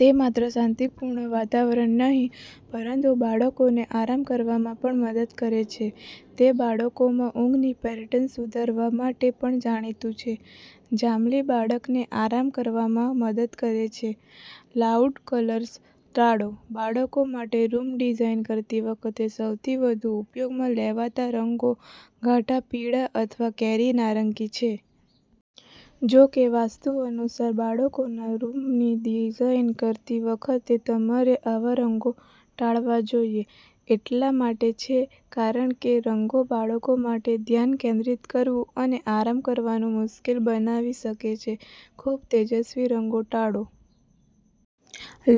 તે માત્ર શાંતિપૂર્ણ વાતાવરણ નહીં પરંતુ બાળકોને આરામ કરવામાં પણ મદદ કરે છે. તે બાળકોમાં ઊંઘની પેટર્ન સુધારવા માટે પણ જાણીતું છે. જાંબલી બાળકને આરામ કરવામાં મદદ કરે છે. લાઉડ કલર્સ ટાળો. બાળકો માટે રૂમ ડિઝાઇન કરતી વખતે સૌથી વધુ ઉપયોગમાં લેવાતા રંગો ઘાટા પીળા અથવા કેરી નારંગી છે. જો કે, વાસ્તુ અનુસાર બાળકોના રૂમની ડિઝાઇન કરતી વખતે તમારે આવા રંગો ટાળવા જોઈએ. એટલા માટે છે કારણ કે રંગો બાળકો માટે ધ્યાન કેન્દ્રિત કરવું અને આરામ કરવાનું મુશ્કેલ બનાવી શકે છે. ખૂબ તેજસ્વી રંગો ટાળો.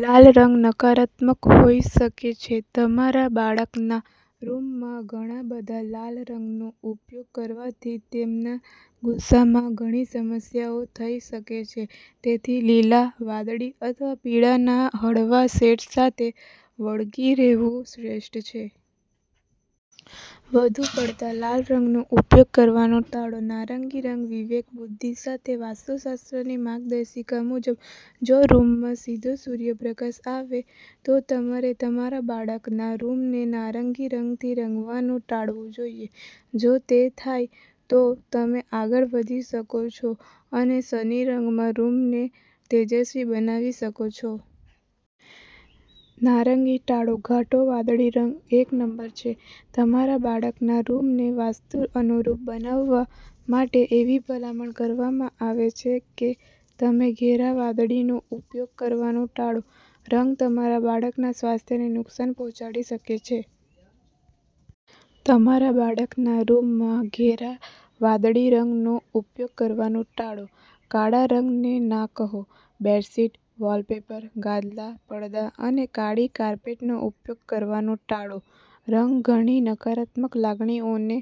લાલ રંગ નકારાત્મક હોઈ શકે છે. તમારા બાળકના રૂમમાં ઘણા બધા લાલ રંગનો ઉપયોગ કરવાથી તેમના ગુસ્સામાં ઘણી સમસ્યાઓ થઈ શકે છે. તેથી, લીલા, વાદળી અથવા પીળાના હળવા શેડ્સ સાથે વળગી રહેવું શ્રેષ્ઠ છે. વધુ પડતા લાલ રંગનો ઉપયોગ કરવાનું ટાળો. નારંગી રંગ વિવેક, બુદ્ધિ સાથે વાસ્તુશાસ્ત્રની માર્ગદર્શિકા મુજબ, જો રૂમમાં સીધો સૂર્યપ્રકાશ આવે તો તમારે તમારા બાળકના રૂમને નારંગી રંગથી રંગવાનું ટાળવું જોઈએ. જો તે થાય, તો તમે આગળ વધી શકો છો અને સની રંગમાં રૂમને તેજસ્વી બનાવી શકો છો. નારંગી ટાળો. ઘાટો વાદળી રંગ એક નંબર છે તમારા બાળકોના રૂમને વાસ્તુ અનુરૂપ બનાવવા માટે. એવી ભલામણ કરવામાં આવે છે કે તમે ઘેરા વાદળીનો ઉપયોગ કરવાનું ટાળો. રંગ તમારા બાળકના સ્વાસ્થ્યને નુકસાન પહોંચાડી શકે છે. તમારા બાળકના રૂમમાં ઘેરા વાદળી રંગનો ઉપયોગ કરવાનું ટાળો. કાળા રંગને ના કહો. બેડશીટ, વોલપેપર, ગાદલા, પડદા અને કાળી કાર્પેટનો ઉપયોગ કરવાનું ટાળો. રંગ ઘણી નકારાત્મક લાગણીઓને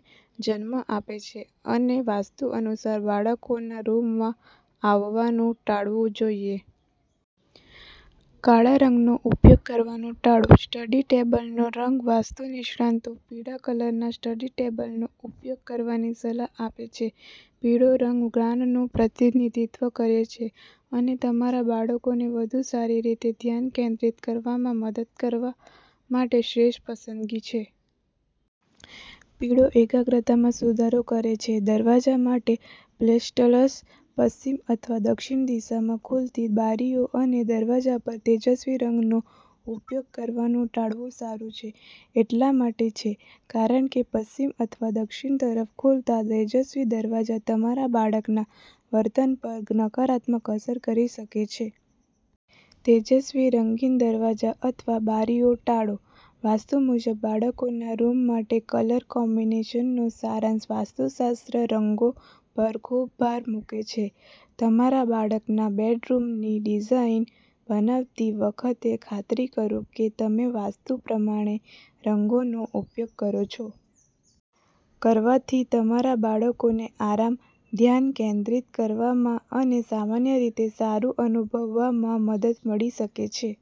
જન્મ આપે છે અને વાસ્તુ અનુસાર બાળકોના રૂમમાં આવવાનું ટાળવું જોઈએ. કાળા રંગનો ઉપયોગ કરવાનું ટાળો. સ્ટડી ટેબલનો રંગ વાસ્તુ નિષ્ણાતો પીળા કલરના સ્ટડી ટેબલનો ઉપયોગ કરવાની સલાહ આપે છે. પીળો રંગ જ્ઞાનનું પ્રતિનિધિત્વ કરે છે અને તમારા બાળકોને વધુ સારી રીતે ધ્યાન કેન્દ્રિત કરવામાં મદદ કરવા માટે શ્રેષ્ઠ પસંદગી છે. પીળો એકાગ્રતામાં સુધારો કરે છે. દરવાજા માટે પેસ્ટલ્સ. પશ્ચિમ અથવા દક્ષિણ દિશામાં ખુલતી બારીઓ અને દરવાજા પર તેજસ્વી રંગોનો ઉપયોગ કરવાનું ટાળવું સારું છે. એટલા માટે છે કારણ કે પશ્ચિમ અથવા દક્ષિણ તરફ ખુલતા તેજસ્વી દરવાજા તમારા બાળકના વર્તન પર નકારાત્મક અસર કરી શકે છે. તેજસ્વી રંગીન દરવાજા અથવા બારીઓ ટાળો. વાસ્તુ મુજબ બાળકોના રૂમ માટે કલર કોમ્બિનેશનનો સારાંશ વાસ્તુશાસ્ત્ર રંગો પર ખૂબ ભાર મૂકે છે. તમારા બાળકના બેડરૂમની ડિઝાઇન બનાવતી વખતે ખાતરી કરો કે તમે વાસ્તુ પ્રમાણે રંગોનો ઉપયોગ કરો છો. કરવાથી તમારા બાળકોને આરામ, ધ્યાન કેન્દ્રિત કરવામાં અને સામાન્ય રીતે સારું અનુભવવામાં મદદ મળી શકે છે.